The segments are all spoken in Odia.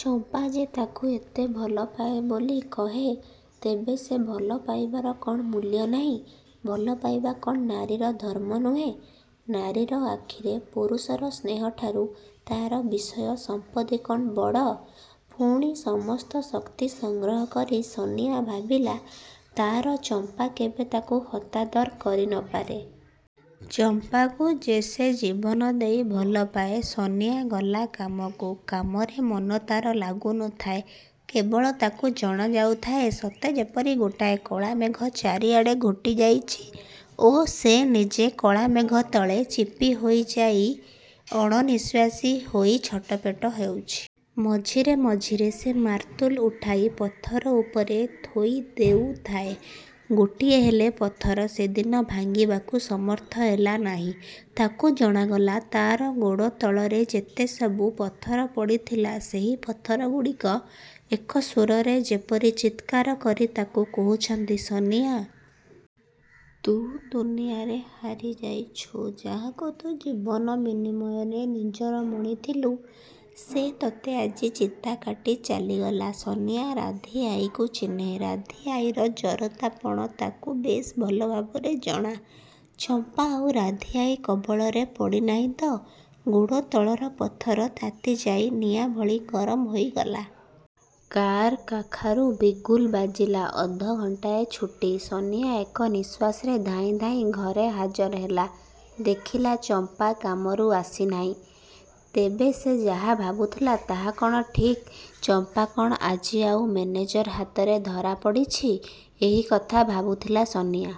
ଚମ୍ପା ଯେ ତାକୁ ଏତେ ଭଲପାଏ ବୋଲି କହେ, ତେବେ ସେ ଭଲ ପାଇବାର କ'ଣ ମୂଲ୍ୟ ନାହିଁ? ଭଲ ପାଇବା କ'ଣ ନାରୀର ଧର୍ମ ନୁହେଁ? ନାରୀର ଆଖିରେ ପୁରୁଷର ସ୍ନେହଠାରୁ ତା'ର ବିଷୟ ସମ୍ପତ୍ତି କ'ଣ ବଡ଼? ପୁଣି ସମସ୍ତ ଶକ୍ତି ସଂଗ୍ରହ କରି ସନିଆ ଭାବିଲା, ''ତା'ର ଚମ୍ପା କେବେ ତାକୁ ହତାଦର କରିନପାରେ। ଚମ୍ପାକୁ ଯେ ସେ ଜୀବନଦେଇ ଭଲପାଏ। '' ସନିଆ ଗଲା କାମକୁ। କାମରେ ମନ ତା'ର ଲାଗୁ ନ ଥାଏ। କେବଳ ତାକୁ ଜଣା ଯାଉଥାଏ ସତେଯେପରି ଗୋଟାଏ କଳାମେଘ ଚାରିଆଡ଼େ ଘୋଟିଯାଇଛି ଓ ସେ ନିଜେ କଳାମେଘ ତଳେ ଚିପି ହୋଇଯାଇ ଅଣନିଶ୍ୱାସୀ ହୋଇ ଛଟପଟ ହେଉଛି। ମଝିରେ ମଝିରେ ସେ ମାରତୁଲ ଉଠାଇ ପଥର ଉପରେ ଥୋଇ ଦେଉଥାଏ। ଗୋଟିଏହେଲେ ପଥର ସେଦିନ ସେ ଭାଙ୍ଗିବାକୁ ସମର୍ଥ ହେଲା ନାହିଁ। ତାକୁ ଜଣାଗଲା ତା'ର ଗୋଡ଼ତଳରେ ଯେତେସବୁ ପଥର ପଡ଼ିଥିଲା ସେହି ପଥରଗୁଡ଼ିକ ଏକ ସ୍ୱରରେ ଯେପରି ଚିତ୍କାରକରି ତାକୁ କହୁଛନ୍ତି, ''ସନିଆ! ତୁ ଦୁନିଆରେ ହାରିଯାଇଛୁ। ଯାହାକୁ ତୁ ଜୀବନ ବିନିମୟରେ ନିଜର ମଣିଥିଲୁ, ସେ ତୋତେ ଆଜି ଚିତାକାଟି ଚାଲିଗଲା। '' ସନିଆ ରାଧୀଆଈକୁ ଚିହ୍ନେ। ରାଧୀଆଈର ଜରତାପଣ ତାକୁ ବେଶ୍ ଭଲଭାବରେ ଜଣା। ଚମ୍ପା ଆଉ ରାଧୀଆଈ କବଳରେ ପଡ଼ିନାହିଁ ତ? ଗୋଡ଼ ତଳର ପଥର ତାତିଯାଇ ନିଆଁଭଳି ଗରମ ହୋଇଗଲା। କାରକାଖାରୁ ବିଗୁଲ ବାଜିଲା। ଅଧ ଘଣ୍ଟାଏ ଛୁଟି। ସନିଆ ଏକ ନିଶ୍ୱାସରେ ଧାଇଁ ଧାଇଁ ଘରେ ହାଜର ହେଲା। ଦେଖିଲା ଚମ୍ପା କାମରୁ ଆସିନାହିଁ। ତେବେ ସେ ଯାହା ଭାବୁଥିଲା ତାହା କ'ଣ ଠିକ୍? ଚମ୍ପା କ'ଣ ଆଜି ଆଉ ମେନେଜର ହାତରେ ଧରାପଡ଼ିଛି? ଏହି କଥା ଭାବୁଥିଲା ସନିଆ।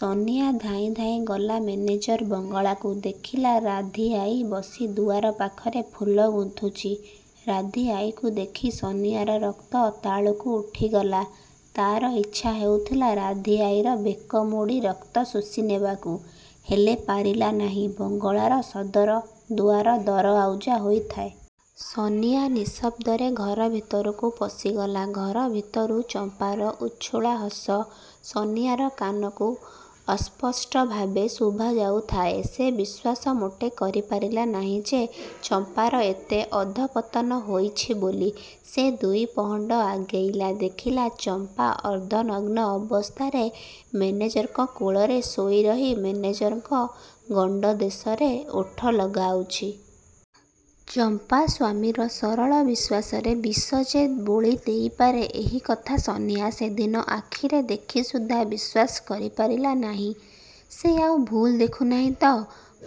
ସନିଆ ଧାଇଁ ଧାଇଁ ଗଲା ମେନେଜର ବଙ୍ଗଳାକୁ। ଦେଖିଲା ରାଧୀଆଈ ବସି ଦୁଆର ପାଖରେ ଫୁଲ ଗୁନ୍ଥୁଛି। ରାଧୀଆଈକୁ ଦେଖି ସନିଆର ରକ୍ତ ତାଳୁକୁ ଉଠିଗଲା। ତା'ର ଇଚ୍ଛା ହେଉଥିଲା ରାଧୀଆଈର ବେକ ମୋଡ଼ି ରକ୍ତ ଶୋଷି ନେବାକୁ। ହେଲେ ପାରିଲା ନାହିଁ। ବଙ୍ଗଳାର ସଦର ଦୁଆର ଦରଆଉଜା ହୋଇଥାଏ। ସନିଆ ନିଶବ୍ଦରେ ଘର ଭିତରକୁ ପଶିଗଲା। ଘର ଭିତରୁ ଚମ୍ପାର ଉଛୁଳା ହସ ସନିଆର କାନକୁ ଅସ୍ପଷ୍ଟ ଭାବେ ଶୁଭାଯାଉଥାଏ। ସେ ବିଶ୍ୱାସ ମୋଟେ କରିପାରିଲା ନାହିଁ ଯେ ଚମ୍ପାର ଏତେ ଅଧଃପତନ ହୋଇଛି ବୋଲି। ସେ ଦୁଇ ପହଣ୍ଡ ଆଗେଇଗଲା। ଦେଖିଲା ଚମ୍ପା ଅର୍ଦ୍ଧନଗ୍ନ ଅବସ୍ଥାରେ ମେନେଜରଙ୍କ କୋଳରେ ଶୋଇରହି ମେନେଜରଙ୍କ ଗଣ୍ଡଦେଶରେ ଓଠ ଲଗାଉଛି। ଚମ୍ପା ସ୍ୱାମୀର ସରଳ ବିଶ୍ୱାସରେ ବିଷ ଯେ ବୋଳି ଦେଇପାରେ ଏହି କଥା ସନିଆ ସେଦିନ ଆଖିରେ ଦେଖି ସୁଦ୍ଧା ବିଶ୍ୱାସ କରିପାରିଲା ନାହିଁ। ସେ ଆଉ ଭୁଲ ଦେଖୁନାହିଁ ତ?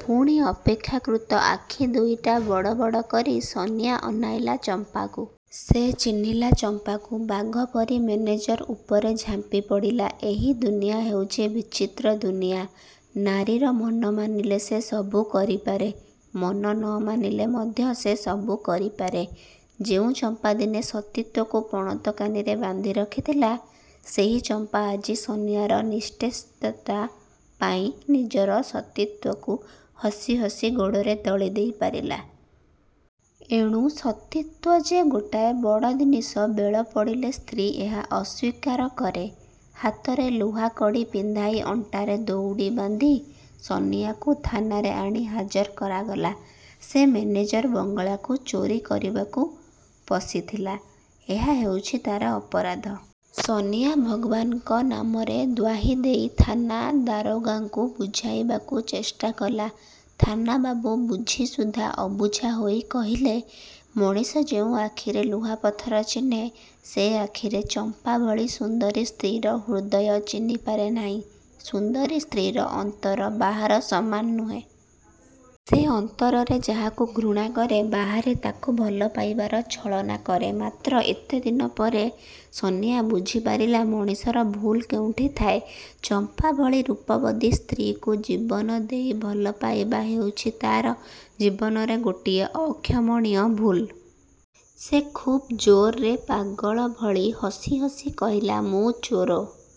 ପୁଣି ଅପେକ୍ଷାକୃତ ଆଖି ଦୁଇଟା ବଡ଼ ବଡ଼ କରି ସନିଆ ଅନେଇଲା ଚମ୍ପାକୁ। ସେ ଚିହ୍ନିଲା ଚମ୍ପାକୁ। ବାଘପରି ମେନେଜର ଉପରେ ଝାମ୍ପିପଡ଼ିଲା। ଏହି ଦୁନିଆ ହେଉଛି ବିଚିତ୍ର ଦୁନିଆ। ନାରୀର ମନ ମାନିଲେ ସେ ସବୁ କରିପାରେ। ମନ ନ ମାନିଲେ ମଧ୍ୟ ସେ ସବୁ କରିପାରେ। ଯେଉଁ ଚମ୍ପା ଦିନେ ସତୀତ୍ୱକୁ ପଣତକାନିରେ ବାନ୍ଧିରଖିଥିଲା, ସେହି ଚମ୍ପା ଆଜି ସନିଆର ନିଶ୍ଚେଷ୍ଟତା ପାଇଁ ନିଜର ସତୀତ୍ଵକୁ ହସି ହସି ଗୋଡ଼ରେ ଦଳି ଦେଇ ପାରିଲା। ଏଣୁ ସତୀତ୍ଵ ଯେ ଗୋଟାଏ ବଡ଼ ଜିନିଷ ବେଳ ପଡ଼ିଲେ ସ୍ତ୍ରୀ ଏହା ଅସ୍ୱୀକାର କରେ। ହାତରେ ଲୁହାକଡ଼ି ପିନ୍ଧାଇ, ଅଣ୍ଟାରେ ଦଉଡ଼ି ବାନ୍ଧି ସନିଆକୁ ଥାନାରେ ଆଣି ହାଜର କରାଗଲା। ସେ ମେନେଜର ବଙ୍ଗଳାକୁ ଚୋରୀ କରିବାକୁ ପଶିଥିଲା, ଏହା ହେଉଛି ତା'ର ଅପରାଧ। ସନିଆ ଭଗବାନଙ୍କ ନାମରେ ଦ୍ୱାହିଦେଇ ଥାନା ଦାରୋଗାଙ୍କୁ ବୁଝାଇବାକୁ ଚେଷ୍ଟା କଲା-। ଥାନାବାବୁ ବୁଝି ସୁଦ୍ଧା ଅବୁଝା ହୋଇ କହିଲେ, ''ମଣିଷ ଯେଉଁ ଆଖିରେ ଲୁହା ପଥର ଚିହ୍ନେ ସେ ଆଖିରେ ଚମ୍ପା ଭଳି ସୁନ୍ଦରୀ ସ୍ତ୍ରୀର ହୃଦୟ ଚିହ୍ନି ପାରେନାହିଁ। ସୁନ୍ଦରୀ ସ୍ତ୍ରୀର ଅନ୍ତର ବାହାର ସମାନ ନୁହେଁ। ସେ ଅନ୍ତରରେ ଯାହାକୁ ଘୃଣାକରେ ବାହାରେ ତାକୁ ଭଲ ପାଇବାର ଛଳନାକରେ ମାତ୍ର। '' ଏତେ ଦିନ ପରେ ସନିଆ ବୁଝିପାରିଲା ମଣିଷର ଭୁଲ କେଉଁଠି ଥାଏ। ଚମ୍ପା ଭଳି ରୂପବତୀ ସ୍ତ୍ରୀକୁ ଜୀବନଦେଇ ଭଲ ପାଇବା ହେଉଛି ତା'ର ଜୀବନରେ ଗୋଟିଏ ଅକ୍ଷମଣୀୟ ଭୁଲ-। ସେ ଖୁବ୍ ଜୋରରେ ପାଗଳ ଭଳି ହସି ହସି କହିଲା, ''ମୁଁ ଚୋର।